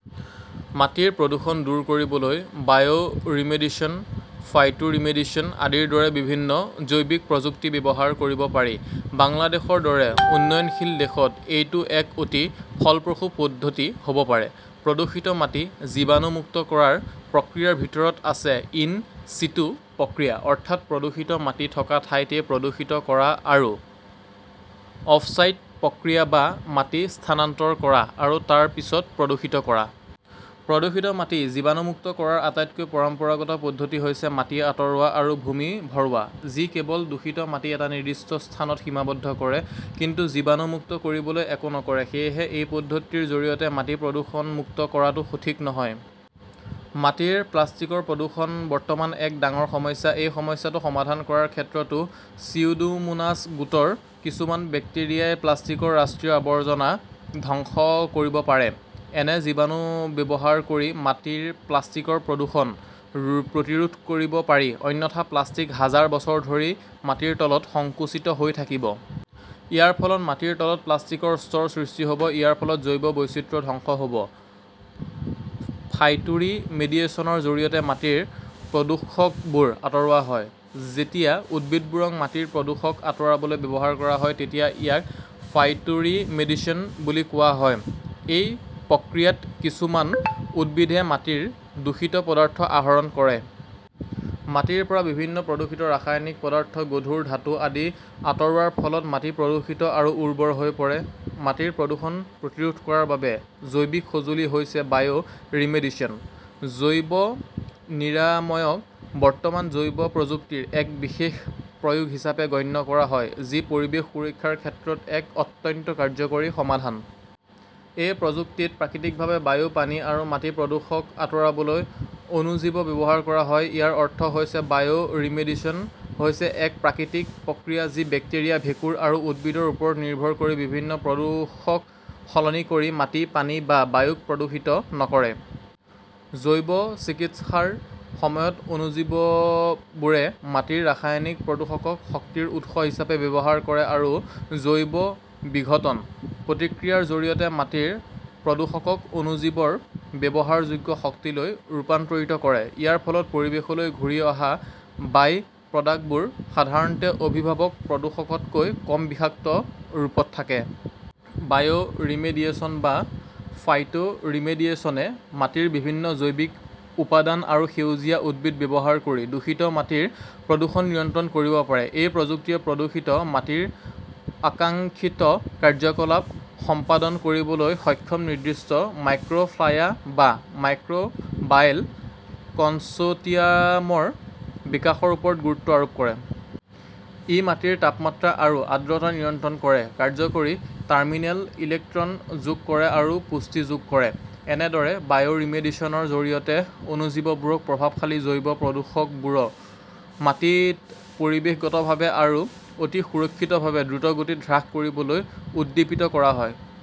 মাটিৰ প্ৰদূষণ দূৰ কৰিবলৈ বায়'ৰিমেডিশ্যন, ফাইটোৰিমেডিশ্যন আদিৰ দৰে বিভিন্ন জৈৱিক প্ৰযুক্তি ব্যৱহাৰ কৰিব পাৰি। বাংলাদেশৰ দৰে উন্নয়নশীল দেশত এইটো এক অতি ফলপ্ৰসূ পদ্ধতি হ'ব পাৰে। প্ৰদূষিত মাটি জীৱাণুমুক্ত কৰাৰ প্ৰক্ৰিয়াৰ ভিতৰত আছে ইন চিটু প্ৰক্ৰিয়া অৰ্থাৎ প্ৰদূষিত মাটি থকা ঠাইতে প্ৰদূষিত কৰা আৰু অফচাইট প্ৰক্ৰিয়া বা মাটি স্থানান্তৰ কৰা আৰু তাৰ পিছত প্ৰদূষিত কৰা। প্ৰদূষিত মাটি জীৱাণুমুক্ত কৰাৰ আটাইতকৈ পৰম্পৰাগত পদ্ধতি হৈছে মাটি আঁতৰোৱা আৰু ভূমি ভৰোৱা। যি কেৱল দূষিত মাটি এটা নিৰ্দিষ্ট স্থানত সীমাবদ্ধ কৰে, কিন্তু জীৱাণুমুক্ত কৰিবলৈ একো নকৰে। সেয়েহে, এই পদ্ধতিৰ জৰিয়তে মাটি প্ৰদূষণমুক্ত কৰাটো সঠিক নহয়। মাটিৰ প্লাষ্টিকৰ প্ৰদূষণ বৰ্তমান এক ডাঙৰ সমস্যা। এই সমস্যাটো সমাধান কৰাৰ ক্ষেত্ৰতো চিউডোমোনাছ গোটৰ কিছুমান বেক্টেৰিয়াই প্লাষ্টিকৰ ৰাষ্ট্ৰীয় আৱৰ্জনা ধ্বংস কৰিব পাৰে। এনে জীৱাণু ব্যৱহাৰ কৰি মাটিৰ প্লাষ্টিকৰ প্ৰদূষণ প্ৰতিৰোধ কৰিব পাৰি। অন্যথা প্লাষ্টিক হাজাৰ বছৰ ধৰি মাটিৰ তলত সংকুচিত হৈ থাকিব। ইয়াৰ ফলত মাটিৰ তলত প্লাষ্টিকৰ স্তৰ সৃষ্টি হ'ব, ইয়াৰ ফলত জৈৱ বৈচিত্ৰ্য ধ্বংস হ'ব। ফাইটোৰিমেডিয়েচনৰ জৰিয়তে মাটিৰ প্ৰদূষকবোৰ আঁতৰোৱা হয়। যেতিয়া উদ্ভিদবোৰক মাটিৰ প্ৰদূষক আঁতৰাবলৈ ব্যৱহাৰ কৰা হয়, তেতিয়া ইয়াক ফাইটোৰিমেডিশ্যন বুলি কোৱা হয়। এই প্ৰক্ৰিয়াত কিছুমান উদ্ভিদে মাটিৰ দূষিত পদাৰ্থ আহৰণ কৰে। মাটিৰ পৰা বিভিন্ন প্ৰদূষিত ৰাসায়নিক পদাৰ্থ, গধুৰ ধাতু আদি আঁতৰোৱাৰ ফলত মাটি প্ৰদূষিত আৰু উৰ্বৰ হৈ পৰে। মাটিৰ প্ৰদূষণ প্ৰতিৰোধ কৰাৰ বাবে জৈৱিক সঁজুলি হৈছে বায়'ৰিমেডিশ্যন। জৈৱ নিৰাময়ক বৰ্তমান জৈৱ প্ৰযুক্তিৰ এক বিশেষ প্ৰয়োগ হিচাপে গণ্য কৰা হয়, যি পৰিৱেশ সুৰক্ষাৰ ক্ষেত্ৰত এক অত্যন্ত কাৰ্যকৰী সমাধান। এই প্ৰযুক্তিত প্ৰাকৃতিকভাৱে বায়ু, পানী আৰু মাটি প্ৰদূষক আঁতৰাবলৈ অণুজীৱ ব্যৱহাৰ কৰা হয়। ইয়াৰ অৰ্থ হৈছে, বায়'ৰিমেডিশ্যন হৈছে এক প্ৰাকৃতিক প্ৰক্ৰিয়া যি বেক্টেৰিয়া, ভেঁকুৰ আৰু উদ্ভিদৰ ওপৰত নিৰ্ভৰ কৰি বিভিন্ন প্ৰদূষক সলনি কৰি মাটি, পানী বা বায়ুক প্ৰদূষিত নকৰে। জৈৱ-চিকিৎসাৰ সময়ত অণুজীৱবোৰে মাটিৰ ৰাসায়নিক প্ৰদূষকক শক্তিৰ উৎস হিচাপে ব্যৱহাৰ কৰে আৰু জৈৱ-বিঘটন প্ৰতিক্ৰিয়াৰ জৰিয়তে মাটিৰ প্ৰদূষকক অণুজীৱৰ ব্যৱহাৰযোগ্য শক্তিলৈ ৰূপান্তৰিত কৰে। ইয়াৰ ফলত পৰিৱেশলৈ ঘূৰি অহা বাই প্ৰডাক্টবোৰ সাধাৰণতে অভিভাৱক প্ৰদূষকতকৈ কম বিষাক্ত ৰূপত থাকে। বায়'ৰিমেডিয়েচন বা ফাইটোৰিমেডিয়েচনে মাটিৰ বিভিন্ন জৈৱিক উপাদান আৰু সেউজীয়া উদ্ভিদ ব্যৱহাৰ কৰি দূষিত মাটিৰ প্ৰদূষণ নিয়ন্ত্ৰণ কৰিব পাৰে। এই প্ৰযুক্তিয়ে প্ৰদূষিত মাটিৰ আকাংক্ষিত কাৰ্য্যকলাপ সম্পাদন কৰিবলৈ সক্ষম নিৰ্দিষ্ট মাইক্ৰ'ফ্লায়া বা মাইক্ৰ'বায়েল কনচৰ্টিয়ামৰ বিকাশৰ ওপৰত গুৰুত্ব আৰোপ কৰে। ই মাটিৰ তাপমাত্ৰা আৰু আৰ্দ্ৰতা নিয়ন্ত্ৰণ কৰে, কাৰ্যকৰী টাৰ্মিনেল ইলেক্ট্ৰন যোগ কৰে আৰু পুষ্টি যোগ কৰে। এনেদৰে বায়'ৰিমেডিশ্যনৰ জৰিয়তে অণুজীৱবোৰক প্ৰভাৱশালী জৈৱ প্ৰদূষকবোৰ মাটিত পৰিৱেশগতভাৱে আৰু অতি সুৰক্ষিতভাৱে দ্ৰুতগতিত হ্ৰাস কৰিবলৈ উদ্দীপিত কৰা হয়।